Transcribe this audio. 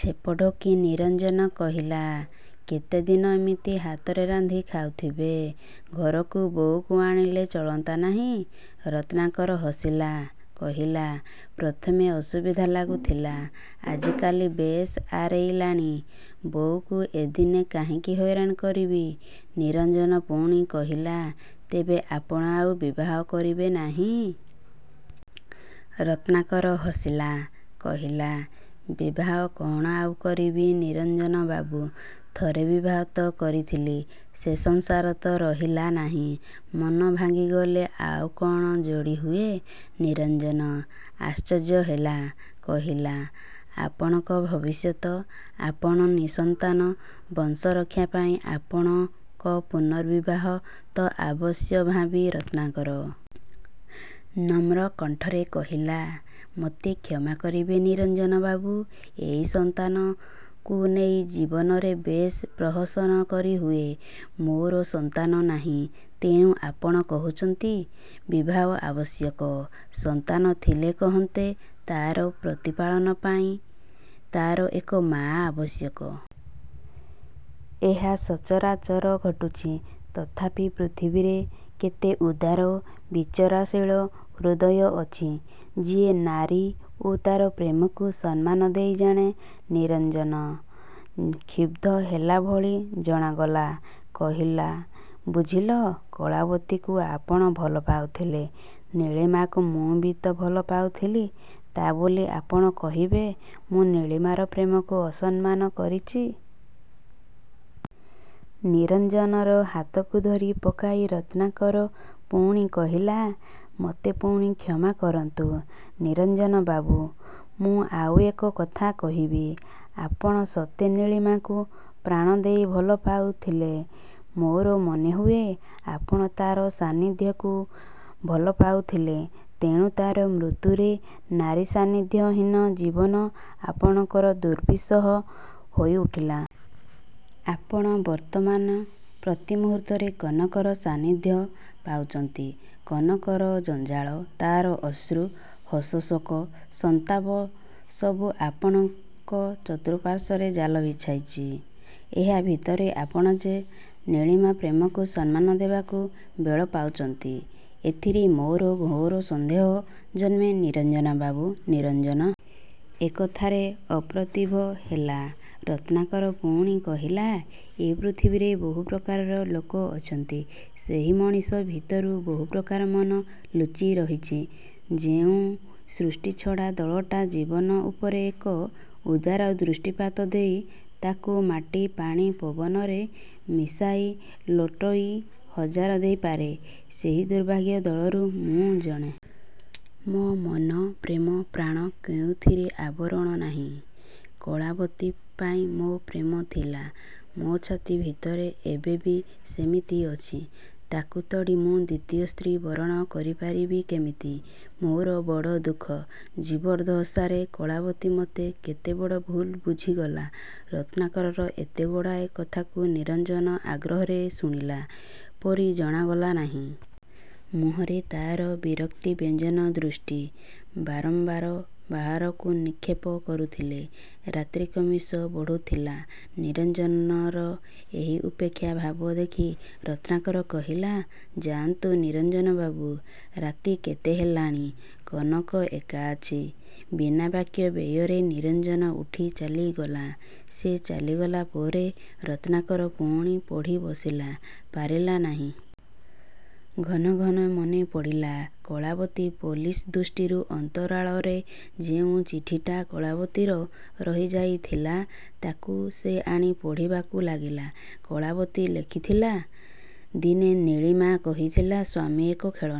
ଛେପ ଢୋକି ନିରଞ୍ଜନ କହିଲା, "କେତେଦିନ ଏମିତି ହାତରେ ରାନ୍ଧି ଖାଉଥିବେ? ଘରକୁ ବୋଉକୁ ଆଣିଲେ ଚଳନ୍ତା ନାହିଁ?" ରତ୍ନାକର ହସିଲା, କହିଲା, "ପ୍ରଥମେ ଅସୁବିଧା ଲାଗୁଥିଲା, ଆଜିକାଲି ବେଶ୍ ଆରେଇଲାଣି। ବୋଉକୁ ଏଦିନେ କାହିଁକି ହଇରାଣ କରିବି?" ନିରଞ୍ଜନ ପୁଣି କହିଲା, "ତେବେ ଆପଣ ଆଉ ବିବାହ କରିବେ ନାହିଁ?" ରତ୍ନାକର ହସିଲା, କହିଲା, "ବିବାହ କ'ଣ ଆଉ କରିବି ନିରଞ୍ଜନବାବୁ? ଥରେ ବିବାହ ତ କରିଥିଲି, ସେ ସଂସାର ତ ରହିଲା ନାହିଁ! ମନ ଭାଙ୍ଗିଗଲେ ଆଉ କଣ ଯୋଡ଼ି ହୁଏ!" ନିରଞ୍ଜନ ଆଶ୍ଚର୍ଯ୍ୟ ହେଲା, କହିଲା, "ଆପଣଙ୍କ ଭବିଷ୍ୟତ? ଆପଣ ନିଃସନ୍ତାନ। ବଂଶରକ୍ଷା ପାଇଁ ଆପଣଙ୍କ ପୁନର୍ବିବାହ ତ ଅବଶ୍ୟମ୍ଭାବୀ।"ରତ୍ନାକର ନମ୍ର କଣ୍ଠରେ କହିଲା, "ମତେ କ୍ଷମା କରିବେ ନିରଞ୍ଜନବାବୁ! ଏଇ ସନ୍ତାନକୁ ନେଇ ଜୀବନରେ ବେଶ୍ ପ୍ରହସନ କରି ହୁଏ। ମୋର ସନ୍ତାନ ନାହିଁ, ତେଣୁ ଆପଣ କହୁଚନ୍ତି, ବିବାହ ଆବଶ୍ୟକ। ସନ୍ତାନ ଥିଲେ କହନ୍ତେ, ତାର ପ୍ରତିପାଳନ ପାଇଁ ତାର ଏକ ମାଆ ଆବଶ୍ୟକ। ଏହା ସଚରାଚର ଘଟୁଚି। ତଥାପି ପୃଥିବୀରେ କେତେ ଉଦାର, ବିଚାରଶୀଳ ହୃଦୟ ଅଛି, ଯିଏ ନାରୀ ଓ ତାର ପ୍ରେମକୁ ସମ୍ମାନ ଦେଇ ଜାଣେ!" ନିରଞ୍ଜନ କ୍ଷୁବ୍ଧ ହେଲା ଭଳି ଜଣାଗଲା। କହିଲା, "ବୁଝିଲ, କଳାବତୀକୁ ଆପଣ ଭଲପାଉଥିଲେ! ନୀଳିମାକୁ ମୁଁ ବି ତ ଭଲପାଉଥିଲି, ତା' ବୋଲି ଆପଣ କହିବେ, ମୁଁ ନୀଳିମାର ପ୍ରେମକୁ ଅସମ୍ମାନ କରିଚି?" ନିରଞ୍ଜନର ହାତକୁ ଧରି ପକାଇ ରତ୍ନାକର ପୁଣି କହିଲା, "ମୋତେ ପୁଣି କ୍ଷମା କରନ୍ତୁ ନିରଞ୍ଜନବାବୁ। ମୁଁ ଆଉ ଏକ କଥା କହିବି। ଆପଣ ସତେ ନୀଳିମାକୁ ପ୍ରାଣ ଦେଇ ଭଲପାଉଥିଲେ? ମୋର ମନେହୁଏ ଆପଣ ତାର ସାନ୍ନିଧ୍ୟକୁ ଭଲପାଉଥିଲେ। ତେଣୁ ତାର ମୃତ୍ୟୁରେ ନାରୀ ସାନ୍ନିଧ୍ୟହୀନ ଜୀବନ ଆପଣଙ୍କର ଦୁର୍ବିସହ ହୋଇ ଉଠିଲା। ଆପଣ ବର୍ତ୍ତମାନ ପ୍ରତି ମୁହୂର୍ତ୍ତରେ କନକର ସାନ୍ନିଧ୍ୟ ପାଉଚନ୍ତି। କନକର ଜଞ୍ଜାଳ, ତାର ଅଶ୍ରୁ, ହସ, ଶୋକ, ସନ୍ତାପ ସବୁ ଆପଣଙ୍କ ଚତୁଃପାର୍ଶ୍ୱରେ ଜାଲ ବିଛାଇଚି। ଏହା ଭିତରେ ଆପଣ ଯେ ନୀଳିମା ପ୍ରେମକୁ ସମ୍ମାନ ଦେବାକୁ ବେଳ ପାଉଚନ୍ତି ଏଥିରେ ମୋର ଘୋର ସନ୍ଦେହ ଜନ୍ମେ ନିରଞ୍ଜନବାବୁ।"ନିରଞ୍ଜନ ଏ କଥାରେ ଅପ୍ରତିଭ ହେଲା। ରତ୍ନାକର ପୁଣି କହିଲା, "ଏ ପୃଥିବୀରେ ବହୁ ପ୍ରକାରର ଲୋକ ଅଛନ୍ତି। ସେଇ ମଣିଷ ଭିତରେ ବହୁ ପ୍ରକାର ମନ ଲୁଚି ରହିଚି। ଯେଉଁ ସୃଷ୍ଟିଛଡ଼ା ଦଳଟା ଜୀବନ ଉପରେ ଏକ ଉଦାର ଦୃଷ୍ଟିପାତ ଦେଇ, ତାକୁ ମାଟି ପାଣି ପବନରେ ମିଶାଇ ଲୋଟାଇ ହଜାଇ ଦେଇପାରେ, ସେଇ ଦୁର୍ଭାଗା ଦଳରୁ ମୁଁ ଜଣେ। ମୋ ମନ ପ୍ରେମ ପ୍ରାଣ କେଉଁଥିରେ ଆବରଣ ନାହିଁ, କଳାବତୀ ପାଇଁ ମୋ ପ୍ରେମ ଥିଲା, ମୋ ଛାତି ଭିତରେ ଏବେ ବି ସେମିତି ଅଛି। ତାକୁ ତଡ଼ି ମୁଁ ଦ୍ଵିତୀୟ ସ୍ତ୍ରୀ ବରଣ କରିପାରିବି କେମିତି? ମୋର ବଡ଼ ଦୁଃଖ, ଜୀବଦ୍ଦଶାରେ କଳାବତୀ ମତେ କେତେ ବଡ଼ ଭୁଲ୍ ବୁଝିଗଲା"ରତ୍ନାକରର ଏତେଗୁଡ଼ାଏ କଥାକୁ ନିରଞ୍ଜନ ଆଗ୍ରହରେ ଶୁଣିଲା ପରି ଜଣାଗଲା ନାହିଁ। ମୁହଁରେ ତାର ବିରକ୍ତିବ୍ୟଞ୍ଜନ ଦୃଷ୍ଟି ବାରମ୍ବାର ବାହାରକୁ ନିକ୍ଷେପ କରୁଥିଲେ। ରାତି କ୍ରମଶଃ ବଢ଼ୁଥିଲା, ନିରଞ୍ଜନର ଏହି ଉପେକ୍ଷା ଭାବ ଦେଖି ରତ୍ନାକର କହିଲା, "ଯାଆନ୍ତୁ ନିରଞ୍ଜନବାବୁ, ରାତି କେତେ ହେଲାଣି, କନକ ଏକା ଅଛି।"ବିନା ବାକ୍ୟ ବ୍ୟୟରେ ନିରଞ୍ଜନ ଉଠି ଚାଲିଗଲା। ସେ ଚାଲିଗଲା ପରେ ରତ୍ନାକର ପୁଣି ପଢ଼ି ବସିଲା ପାରିଲା ନାହିଁ। ଘନଘନ ମନେପଡ଼ିଲା କଳାବତୀ। ପୋଲିସ ଦୃଷ୍ଟିର ଅନ୍ତରାଳରେ ଯେଉଁ ଚିଠିଟା କଳାବତୀର ରହି ଯାଇଥିଲା, ତାକୁ ସେ ଆଣି ପଢ଼ିବାକୁ ଲାଗିଲା କଳାବତୀ ଲେଖିଥିଲା, "ଦିନେ ନୀଳିମା କହିଥିଲା, ସ୍ଵାମୀ ଏକ ଖେଳଣା,"